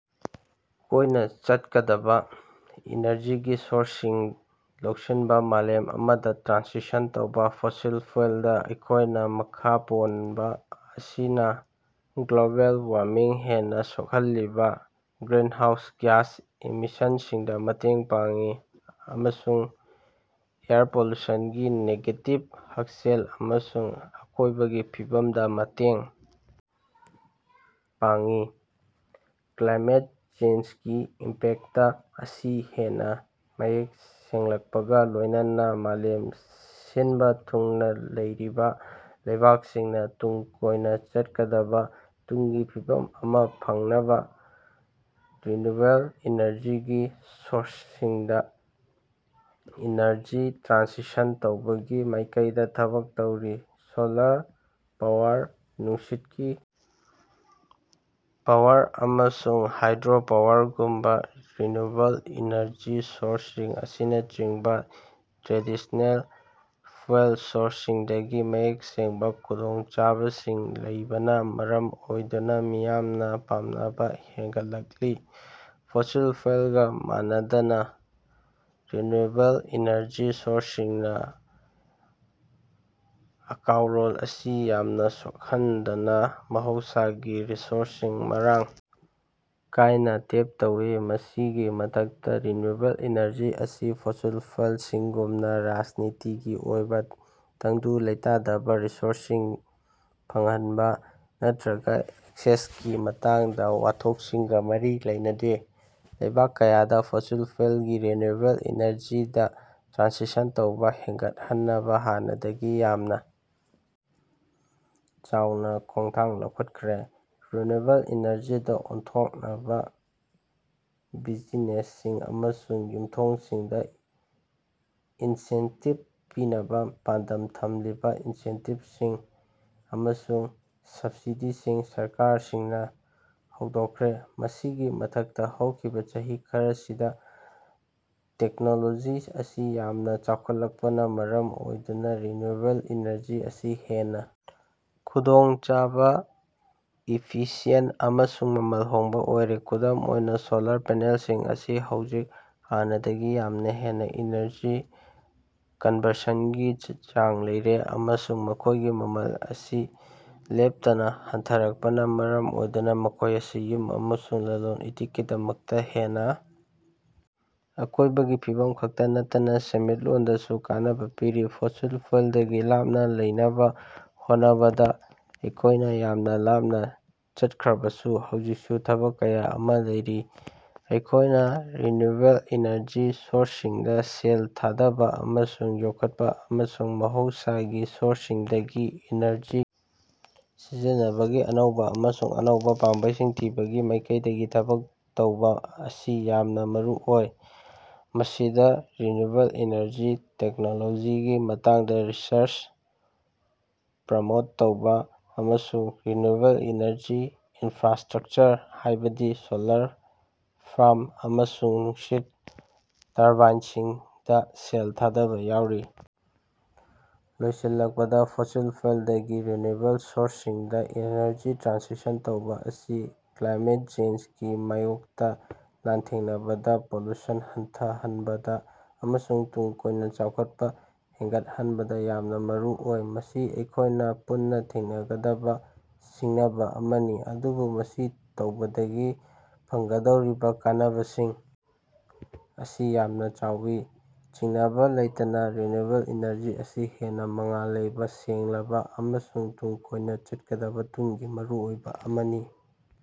ꯀꯣꯏꯅ ꯆꯠꯀꯗꯕ‌ ꯏꯅꯔꯖꯤꯒꯤ ꯁꯣꯔꯁꯁꯤꯡ ꯂꯧꯁꯤꯟꯕ ꯃꯥꯂꯦꯝ ꯑꯃꯗ ꯇ꯭ꯔꯥꯟꯁꯤꯁꯟ ꯇꯧꯕ, ꯐꯣꯁꯤꯜ ꯐ꯭ꯌꯨꯦꯜꯗꯥ ꯑꯩꯈꯣꯏꯅ ꯃꯈꯥ ꯄꯣꯟꯕ ꯑꯁꯤꯅ ꯒ꯭ꯂꯣꯕꯦꯜ ꯋꯥꯔꯃꯤꯡ ꯍꯦꯟꯅ ꯁꯣꯛꯍꯜꯂꯤꯕ ꯒ꯭ꯔꯤꯟꯍꯥꯎꯁ ꯒ꯭ꯌꯥꯁ ꯏꯃꯤꯁꯟꯁꯤꯡꯗ ꯃꯇꯦꯡ ꯄꯥꯡꯏ ꯑꯃꯁꯨꯡ ꯑꯦꯌꯔ ꯄꯣꯂꯨꯁꯟꯒꯤ ꯅꯦꯒꯦꯇꯤꯕ ꯍꯛꯁꯦꯜ ꯑꯃꯁꯨꯡ ꯑꯀꯣꯏꯕꯒꯤ ꯐꯤꯕꯝꯗ ꯃꯇꯦꯡ ꯄꯥꯡꯏ꯫ ꯀ꯭ꯂꯥꯏꯃꯦꯠ ꯆꯦꯟꯖꯒꯤ ꯏꯝꯄꯦꯛꯇ ꯑꯁꯤ ꯍꯦꯟꯅ ꯃꯌꯦꯛ ꯁꯦꯡꯂꯛꯄꯒꯥ ꯂꯣꯏꯅꯅꯥ ꯃꯥꯂꯦꯝ ꯁꯤꯟꯕ ꯊꯨꯡꯅ ꯂꯩꯔꯤꯕ ꯂꯩꯕꯥꯛꯁꯤꯡꯅ ꯇꯨꯡ ꯀꯣꯏꯅ ꯆꯠꯀꯗꯕꯥ ꯇꯨꯡꯒꯤ ꯐꯤꯕꯝ ꯑꯃ ꯐꯪꯅꯕ ꯔꯤꯅ꯭ꯌꯨꯑꯦꯕꯜ ꯏꯅꯔꯖꯤꯒꯤ ꯁꯣꯔꯁꯁꯤꯡꯗ ꯏꯅꯔꯖꯤ ꯇ꯭ꯔꯥꯟꯁꯤꯁꯟ ꯇꯧꯕꯒꯤ ꯃꯥꯏꯀꯩꯗ ꯊꯕꯛ ꯇꯧꯔꯤ꯫ ꯁꯣꯂꯥꯔ ꯄꯥꯋꯔ, ꯅꯨꯡꯁꯤꯠꯀꯤ ꯄꯥꯋꯔ, ꯑꯃꯁꯨꯡ ꯍꯥꯏꯗ꯭ꯔꯣ ꯄꯥꯋꯔꯒꯨꯝꯕ ꯔꯤꯅ꯭ꯌꯨꯋꯦꯕꯜ ꯏꯅꯔꯖꯤ ꯁꯣꯔꯁꯁꯤꯡ ꯑꯁꯤꯅꯆꯤꯡꯕ ꯇ꯭ꯔꯦꯗꯤꯁ꯭ꯅꯦꯜ ꯐ꯭ꯌꯨꯦꯜ ꯁꯣꯔꯁꯁꯤꯡꯗꯒꯤ ꯃꯌꯦꯛ ꯁꯦꯡꯕ ꯈꯨꯗꯣꯡꯆꯥꯕꯁꯤꯡ ꯂꯩꯕꯅ ꯃꯔꯝ ꯑꯣꯏꯗꯨꯅ ꯃꯤꯌꯥꯝꯅ ꯄꯥꯝꯅꯕ ꯍꯦꯟꯒꯠꯂꯛꯂꯤ꯫ ꯐꯣꯁꯤꯜ ꯐ꯭ꯌꯨꯦꯜꯒꯥ ꯃꯥꯟꯅꯗꯅꯥ, ꯔꯤꯅ꯭ꯌꯨꯋꯦꯕꯜ ꯏꯅꯔꯖꯤ ꯁꯣꯔꯁꯁꯤꯡꯅ ꯑꯀꯣꯎꯔꯣꯟ ꯑꯁꯤ ꯌꯥꯝꯅ ꯁꯣꯛꯍꯟꯗꯅꯥ ꯃꯍꯧꯁꯥꯒꯤ ꯔꯤꯁꯣꯔꯁꯁꯤꯡ ꯃꯔꯥꯡ ꯀꯥꯏꯅ ꯇꯦꯞ ꯇꯧꯏ꯫ ꯃꯁꯤꯒꯤ ꯃꯊꯛꯇꯥ, ꯔꯤꯅ꯭ꯌꯨꯋꯦꯕꯜ ꯏꯅꯔꯖꯤ ꯑꯁꯤ ꯐꯣꯁꯤꯜ ꯐ꯭ꯌꯨꯦꯜꯁꯤꯡꯒꯨꯝꯅ ꯔꯥꯖꯅꯤꯇꯤꯒꯤ ꯑꯣꯏꯕ ꯇꯪꯗꯨ ꯂꯩꯇꯥꯗꯕꯥ, ꯔꯤꯁꯣꯔꯁꯁꯤꯡ ꯐꯪꯍꯟꯕ, ꯅꯠꯇꯔꯒ ꯑꯦꯛꯁꯦꯁꯀꯤ ꯃꯇꯥꯡꯗ ꯋꯥꯊꯣꯠꯁꯤꯡꯒ ꯃꯔꯤ ꯂꯩꯅꯗꯦ꯫ ꯂꯩꯕꯥꯛ ꯀꯌꯥꯗ ꯐꯣꯁꯤꯜ ꯐ꯭ꯌꯨꯦꯜꯒꯤ ꯔꯤꯅ꯭ꯌꯨꯑꯦꯕꯜ ꯏꯅꯔꯖꯤꯗ ꯇ꯭ꯔꯥꯟꯁꯤꯁꯟ ꯇꯧꯕ ꯍꯦꯟꯒꯠꯍꯟꯅꯕ ꯍꯥꯟꯅꯗꯒꯤ ꯌꯥꯝꯅ ꯆꯥꯎꯅ ꯈꯣꯡꯊꯥꯡ ꯂꯧꯈꯠꯈ꯭ꯔꯦ꯫ ꯔꯤꯅ꯭ꯌꯨꯑꯦꯕꯜ ꯏꯅꯔꯖꯤꯗꯥ ꯑꯣꯟꯊꯣꯛꯅꯕꯥ ꯕꯤꯖꯤꯅꯦꯁꯁꯤꯡ ꯑꯃꯁꯨꯡ ꯌꯨꯝꯊꯣꯡꯁꯤꯡꯗ ꯏꯟꯁꯦꯟꯇꯤꯕ ꯄꯤꯅꯕ ꯄꯥꯟꯗꯝ ꯊꯝꯂꯤꯕ ꯏꯟꯁꯦꯟꯇꯤꯕꯁꯤꯡ ꯑꯃꯁꯨꯡ ꯁꯕꯁꯤꯗꯤꯁꯤꯡ ꯁꯔꯀꯥꯔꯁꯤꯡꯅ ꯍꯧꯗꯣꯛꯈ꯭ꯔꯦ꯫ ꯃꯁꯤꯒꯤ ꯃꯊꯛꯇ, ꯍꯧꯈꯤꯕ ꯆꯍꯤ ꯈꯔꯁꯤꯗ ꯇꯦꯛꯅꯣꯂꯣꯖꯤ ꯑꯁꯤ ꯌꯥꯝꯅ ꯆꯥꯎꯈꯠꯂꯛꯄꯅꯥ ꯃꯔꯝ ꯑꯣꯏꯗꯨꯅ ꯔꯤꯅ꯭ꯌꯨꯋꯦꯕꯜ ꯏꯅꯔꯖꯤ ꯑꯁꯤ ꯍꯦꯟꯅ ꯈꯨꯗꯣꯡꯆꯥꯕ, ꯏꯐꯤꯁꯤꯌꯦꯟꯇ ꯑꯃꯁꯨꯡ ꯃꯃꯜ ꯍꯣꯡꯕ ꯑꯣꯏꯔꯦ꯫ ꯈꯨꯗꯝ ꯑꯣꯏꯅ, ꯁꯣꯂꯥꯔ ꯄꯦꯅꯦꯜꯁꯤꯡ ꯑꯁꯤ ꯍꯧꯖꯤꯛ ꯍꯥꯟꯅꯗꯒꯤ ꯌꯥꯝꯅ ꯍꯦꯟꯅ ꯏꯅꯔꯖꯤ ꯀꯟꯕꯔꯁꯟꯒꯤ ꯆꯥꯡ ꯂꯩꯔꯦ, ꯑꯃꯁꯨꯡ ꯃꯈꯣꯏꯒꯤ ꯃꯃꯜ ꯑꯁꯤ ꯂꯦꯞꯇꯅꯥ ꯍꯟꯊꯔꯛꯄꯅꯥ ꯃꯔꯝ ꯑꯣꯏꯗꯨꯅ ꯃꯈꯣꯏ ꯑꯁꯤ ꯌꯨꯝ ꯑꯃꯁꯨꯡ ꯂꯂꯣꯟ-ꯏꯇꯤꯛꯀꯤꯗꯃꯛꯇ ꯍꯦꯟꯅ ꯑꯀꯣꯏꯕꯒꯤ ꯐꯤꯕꯝ ꯈꯛꯇ ꯅꯠꯇꯅꯥ ꯁꯦꯟꯃꯤꯠꯂꯣꯟꯗꯁꯨ ꯀꯥꯟꯅꯕꯥ ꯄꯤꯔꯤ꯫ ꯐꯣꯁꯤꯜ ꯐ꯭ꯌꯨꯦꯜꯗꯒꯤ ꯂꯥꯞꯅ ꯂꯩꯅꯕ ꯍꯣꯠꯅꯕꯗꯥ ꯑꯩꯈꯣꯏꯅ ꯌꯥꯝꯅ ꯂꯥꯞꯅ ꯆꯠꯈ꯭ꯔꯕꯁꯨ, ꯍꯧꯖꯤꯛꯁꯨ ꯊꯕꯛ ꯀꯌꯥ ꯑꯃ ꯂꯩꯔꯤ꯫ ꯑꯩꯈꯣꯏꯅ ꯔꯤꯅ꯭ꯌꯨꯋꯦꯕꯜ ꯏꯅꯔꯖꯤ ꯁꯣꯔꯁꯁꯤꯡꯗ ꯁꯦꯜ ꯊꯥꯗꯕꯥ ꯑꯃꯁꯨꯡ ꯌꯣꯛꯈꯠꯄ, ꯑꯃꯁꯨꯡ ꯃꯍꯧꯁꯥꯒꯤ ꯁꯣꯔꯁꯁꯤꯡꯗꯒꯤ ꯏꯅꯔꯖꯤ ꯁꯤꯖꯤꯟꯅꯕꯒꯤ ꯑꯅꯧꯕ ꯑꯃꯁꯨꯡ ꯑꯅꯧꯕ ꯄꯥꯝꯕꯩꯁꯤꯡ ꯊꯤꯕꯒꯤ ꯃꯥꯏꯀꯩꯗ ꯊꯕꯛ ꯇꯧꯕ ꯑꯁꯤ ꯌꯥꯝꯅ ꯃꯔꯨꯑꯣꯏ꯫ ꯃꯁꯤꯗ ꯔꯤꯅ꯭ꯌꯨꯑꯦꯕꯜ ꯏꯅꯔꯖꯤ ꯇꯦꯛꯅꯣꯂꯣꯖꯤꯒꯤ ꯃꯇꯥꯡꯗ ꯔꯤꯁꯔꯆ ꯄ꯭ꯔꯃꯣꯠ ꯇꯧꯕ ꯑꯃꯁꯨꯡ ꯔꯤꯅ꯭ꯌꯨꯑꯦꯕꯜ ꯏꯅꯔꯖꯤ ꯏꯟꯐ꯭ꯔꯥꯁ꯭ꯇꯔꯛꯆꯔ, ꯍꯥꯏꯕꯗꯤ ꯁꯣꯂꯔ ꯐꯥꯔꯝ ꯑꯃꯁꯨꯡ ꯅꯨꯡꯁꯤꯠ ꯇꯔꯕꯥꯏꯟꯁꯤꯡꯗ ꯁꯦꯜ ꯊꯥꯗꯕꯥ ꯌꯥꯎꯔꯤ꯫ ꯂꯣꯏꯁꯤꯜꯂꯛꯄꯗꯥ, ꯐꯣꯁꯤꯜ ꯐ꯭ꯌꯨꯦꯜꯗꯒꯤ ꯔꯤꯅ꯭ꯌꯨꯋꯦꯕꯜ ꯁꯣꯔꯁꯁꯤꯡꯗ ꯏꯅꯔꯖꯤ ꯇ꯭ꯔꯥꯟꯁꯤꯁꯟ ꯇꯧꯕ ꯑꯁꯤ ꯀ꯭ꯂꯥꯏꯃꯦꯠ ꯆꯦꯟꯖꯒꯤ ꯃꯥꯌꯣꯛꯇ ꯂꯥꯟꯊꯦꯡꯅꯕꯗꯥ, ꯄꯣꯂꯨꯁꯟ ꯍꯟꯊꯍꯟꯕꯗ ꯑꯃꯁꯨꯡ ꯇꯨꯡ ꯀꯣꯏꯅ ꯆꯥꯎꯈꯠꯄ ꯍꯦꯟꯒꯠꯍꯟꯕꯗ ꯌꯥꯝꯅ ꯃꯔꯨꯑꯣꯏ꯫ ꯃꯁꯤ ꯑꯩꯈꯣꯏꯅ ꯄꯨꯟꯅ ꯊꯦꯡꯅꯒꯗꯕ ꯁꯤꯡꯅꯕꯥ ꯑꯃꯅꯤ, ꯑꯗꯨꯕꯨ ꯃꯁꯤ ꯇꯧꯕꯗꯒꯤ ꯐꯪꯒꯗꯧꯔꯤꯕ ꯀꯥꯟꯅꯕꯁꯤꯡ ꯑꯁꯤ ꯌꯥꯝꯅ ꯆꯥꯎꯏ꯫ ꯆꯤꯡꯅꯕ ꯂꯩꯇꯅꯥ, ꯔꯤꯅ꯭ꯌꯨꯋꯦꯕꯜ ꯏꯅꯔꯖꯤ ꯑꯁꯤ ꯍꯦꯟꯅ ꯃꯉꯥꯜ ꯂꯩꯕ, ꯁꯦꯡꯂꯕꯥ ꯑꯃꯁꯨꯡ ꯇꯨꯡ ꯀꯣꯏꯅ ꯆꯠꯀꯗꯕꯥ ꯇꯨꯡꯒꯤ ꯃꯔꯨꯑꯣꯏꯕ ꯑꯃꯅꯤ꯫